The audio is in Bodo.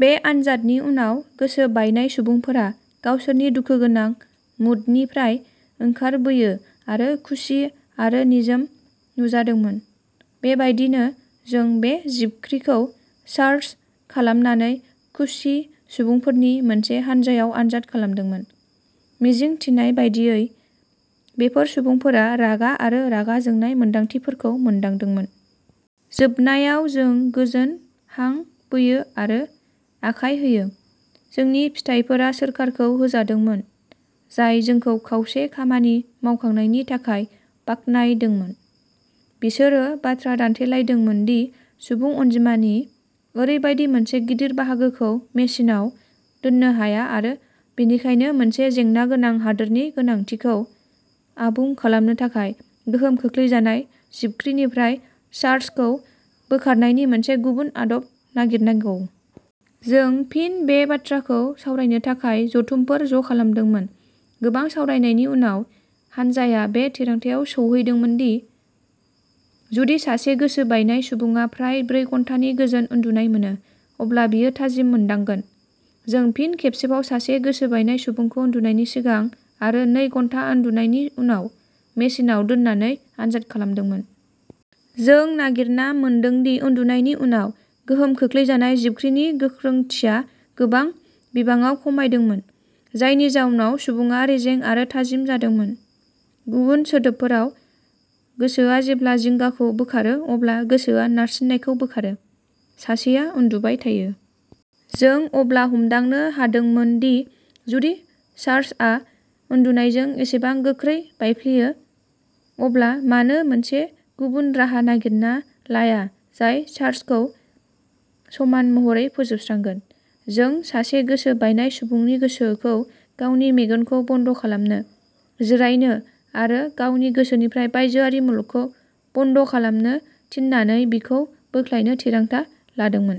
बे आनजादनि उनाव, गोसो बायनाय सुबुंफोरा गावसोरनि दुखुगोनां मुडनिफ्राय ओंखारबोयो आरो खुसि आरो निजोम नुजादोंमोन। बेबायदिनो, जों बे जिबख्रिखौ चार्ज खालामनानै खुसि सुबुंफोरनि मोनसे हानजायाव आनजाद खालामदोंमोन। मिजिंथिनाय बायदियै, बेफोर सुबुंफोरा रागा आरो रागा जोंनाय मोन्दांथिफोरखौ मोनदांदोंमोन। जोबनायाव जों गोजोन हां बोयो आरो आखाय होयो। जोंनि फिथाइफोरा सोरखारखौ होजादोंमोन, जाय जोंखौ खावसे खामानि मावखांनायनि थाखाय बाख्नायदोंमोन। बिसोरो बाथ्रा दान्थेलायदोंमोन दि सुबुं अनजिमानि ओरैबायदि मोनसे गिदिर बाहागोखौ मेसिनआव दोन्नो हाया आरो बेनिखायनो मोनसे जेंनागोनां हादोरनि गोनांथिखौ आबुं खालामनो थाखाय गोहोम खोख्लैजानाय जिबख्रिनिफ्राय चार्जखौ बोखारनायनि मोनसे गुबुन आदब नागिरनांगौ। जों फिन बे बाथ्राखौ सावरायनो थाखाय जथुमफोर ज'खालामदोंमोन। गोबां सावरायनायनि उनाव, हानजाया बे थिरांथायाव सौहैदोंमोन दि जुदि सासे गोसोबायनाय सुबुङा फ्राय ब्रै घन्टानि गोजोन उन्दुनाय मोनो, अब्ला बियो थाजिम मोनदांगोन। जों फिन खेबसेबाव सासे गोसोबायनाय सुबुंखौ उन्दुनायनि सिगां आरो नै घन्टा उन्दुनायनि उनाव मेसिनआव दोननानै आनजाद खालामदोंमोन। जों नागिरना मोनदों दि उन्दुनायनि उनाव, गोहोम खोख्लैजानाय जिबख्रिनि गोख्रोंथिया गोबां बिबाङाव खमायदोंमोन, जायनि जाउनाव सुबुङा रेजें आरो थाजिम जादोंमोन। गुबुन सोदोबफोराव, गोसोआ जेब्ला जिंगाखौ बोखारो अब्ला गोसोआ नारसिननायखौ बोखारो। सासेया उन्दुबाय थायो। जों अब्ला हमदांनो हादोंमोन दि जुदि चार्जआ उन्दुनायजों एसेबां गोख्रै बायफ्लेयो, अब्ला मानो मोनसे गुबुन राहा नागिरना लाया जाय चार्जखौ समान महरै फोजोबस्रांगोन। जों सासे गोसो बायनाय सुबुंनि गोसोखौ गावनि मेगनखौ बन्द'खालामनो, जिरायनो आरो गावनि गोसोनिफ्राय बायजोआरि मुलुगखौ बन्द'खालामनो थिननानै बिखौ बोख्लायनो थिरांथा लादोंमोन।